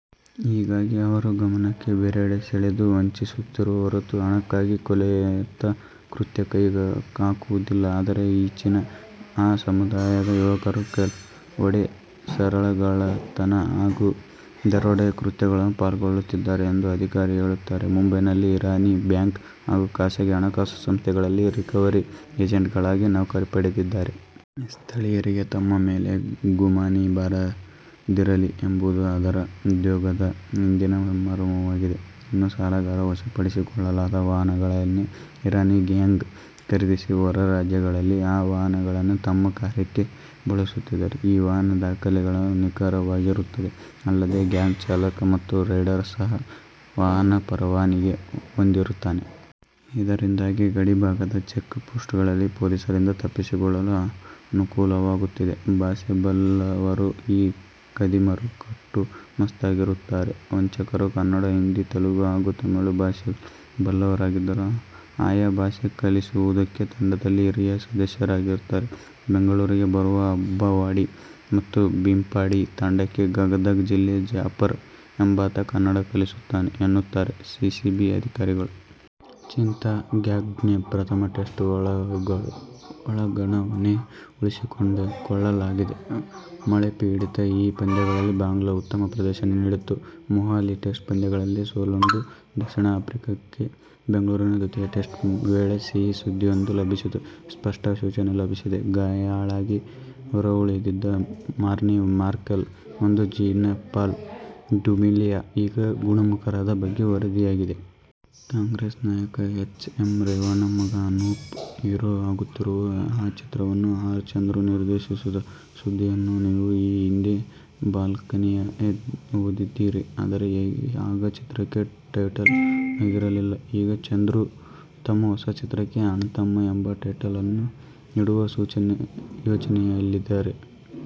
ಹೀಗಾಗಿ ಅವರು, ಗಮನ ಬೇರೆಡೆ ಸೆಳೆದು ವಂಚಿಸುತ್ತಾರೆ ಹೊರತು ಹಣಕ್ಕಾಗಿ ಕೊಲೆಯಂತಹ ಕೃತ್ಯ ಕೈ ಹಾಕುವುದಿಲ್ಲ. ಆದರೆ, ಈಚಿನ ಆ ಸಮುದಾಯದ ಯುವಕರು, ಕೆಲವಡೆ ಸರಗಳ್ಳತನ ಹಾಗೂ ದರೋಡೆ ಕೃತ್ಯಗಳು ಪಾಲ್ಗೊಳ್ಳುತ್ತಿದ್ದಾರೆ ಎಂದು ಅಧಿಕಾರಿಗಳು ಹೇಳುತ್ತಾರೆ. ಮುಂಬೈನಲ್ಲಿ ಇರಾನಿಗಳು, ಬ್ಯಾಂಕ್ ಹಾಗೂ ಖಾಸಗಿ ಹಣಕಾಸು ಸಂಸ್ಥೆಗಳಲ್ಲಿ ರಿಕವರಿ ಏಜೆಂಟ್ಗಳಾಗಿ ನೌಕರಿ ಪಡೆದಿದ್ದಾರೆ. ಸ್ಥಳೀಯರಿಗೆ ತಮ್ಮ ಮೇಲೆ ಗುಮಾನಿ ಬಾರದಿರಲಿ ಎಂಬುದು ಅದರ ಉದ್ಯೋಗದ ಹಿಂದಿನ ಮರ್ಮವಾಗಿದೆ. ಇನ್ನು, ಸಾಲಗಾರರ ವಶಪಡಿಸಿಕೊಳ್ಳಲಾದ ವಾಹನಗಳನ್ನೇ ಇರಾನಿ ಗ್ಯಾಂಗ್ ಖರೀದಿಸಿ, ಹೊರ ರಾಜ್ಯಗಳಲ್ಲಿ ಆ ವಾಹನಗಳನ್ನೇ ತಮ್ಮ ''''ಕಾರ್ಯ''ಕ್ಕೆ ಬಳಸುತ್ತದೆ. ಈ ವಾಹನಗಳ ದಾಖಲೆಗಳು ನಿಖರವಾಗಿರುತ್ತವೆ. ಅಲ್ಲದೆ, ಗ್ಯಾಂಗ್ ಚಾಲಕ ಮತ್ತು ರೈಡರ್ ಸಹ ವಾಹನ ಪರವಾನಿಗೆ ಹೊಂದಿರುತ್ತಾರೆ. ಇದರಿಂದಾಗಿ ಗಡಿ ಭಾಗದ ಚೆಕ್ ಪೋಸ್ಟ್ಗಳಲ್ಲಿ ಪೊಲೀಸರಿಂದ ತಪ್ಪಿಸಿಕೊಳ್ಳಲು ಅನುಕೂಲವಾಗುತ್ತಿದೆ. ಭಾಷೆ ಬಲ್ಲವರು, ಈ ಖದೀಮರು, ಕಟ್ಟು ಮಸ್ತಾಗಿರುತ್ತಾರೆ. ವಂಚಕರು, ಕನ್ನಡ, ಹಿಂದಿ, ತೆಲಗು ಹಾಗೂ ತಮಿಳು ಭಾಷೆಗಳನ್ನು ಬಲ್ಲವರಾಗಿದ್ದು, ಆಯ ಭಾಷೆ ಕಲಿಸುವುದಕ್ಕೆ ತಂಡದಲ್ಲಿ ಹಿರಿಯ ಸದಸ್ಯರಿರುತ್ತಾರೆ. ಬೆಂಗಳೂರಿಗೆ ಬರುವ ಅಂಬಾವಾಡಿ ಮತ್ತು ಬಿಪಾಂಡಿಯ ತಂಡಕ್ಕೆ ಗದದ ಜಿಲ್ಲೆಯ ಜಾಫರ್ ಎಂಬಾತ ಕನ್ನಡ ಕಲಿಸುತ್ತಾನೆ ಎನ್ನುತ್ತಾರೆ ಸಿಸಿಬಿ ಅಧಿಕಾರಿಗಳು. ಚಿತ್ತಗಾಂಗ್ನ ಪ್ರಥಮ ಟೆಸ್ಟ್ ಬಳಗವನ್ನೇ ಉಳಿಸಿಕೊಳ್ಳಲಾಗಿದೆ. ಮಳೆಪೀಡಿತ ಈ ಪಂದ್ಯದಲ್ಲಿ ಬಾಂಗ್ಲಾ ಉತ್ತಮ ಪ್ರದರ್ಶನ ನೀಡಿತ್ತು. ಮೊಹಾಲಿ ಟೆಸ್ಟ್ ಪಂದ್ಯದಲ್ಲಿ ಸೋಲುಂಡ ದಕ್ಷಿಣ ಆಫ್ರಿಕಾಕ್ಕೆ ಬೆಂಗಳೂರಿನ ದ್ವಿತೀಯ ಟೆಸ್ಟ್ ವೇಳೆ ಸಿಹಿ ಸುದ್ದಿಯೊಂದು ಲಭಿಸುವ ಸ್ಪಷ್ಟ ಸೂಚನೆ ಲಭಿಸಿದೆ. ಗಾಯಾಳಾಗಿ ಹೊರಗುಳಿದಿದ್ದ ಮಾರ್ನೆ ಮಾರ್ಕೆಲ್ ಮತ್ತು ಜೀನಪಾಲ್ ಡ್ಯುಮಿನಿ ಈಗ ಗುಣಮುಖರಾದ ಬಗ್ಗೆ ವರದಿಯಾಗಿದೆ. ಕಾಂಗ್ರೆಸ್ ನಾಯಕ ಎಚ್. ಎಂ. ರೇವಣ್ಣ ಮಗ ಅನೂಪ್ ಹೀರೋಆಗುತ್ತಿರುವುದು, ಆ ಚಿತ್ರವನ್ನು ಆರ್. ಚಂದ್ರು ನಿರ್ದೇಶಿಸುತ್ತಿರುವ ಸುದ್ದಿಯನ್ನುನೀವು ಈ ಹಿಂದೆ ಇದೇ ಬಾಲ್ಕನಿಯಲ್ಲಿ ಓದಿದ್ದೀರಿ. ಆದರೆ, ಆಗ ಚಿತ್ರಕ್ಕೆ ಟೈಟಲ್ ಆಗಿರಲಿಲ್ಲ. ಈಗ ಚಂದ್ರು ತಮ್ಮ ಹೊಸ ಚಿತ್ರಕ್ಕೆ "ಅಣ್ತಮ್ಮ' ಎಂಬ ಟೈಟಲ್ ಇಡುವ ಯೋಚನೆಯಲ್ಲಿದ್ದಾರೆ.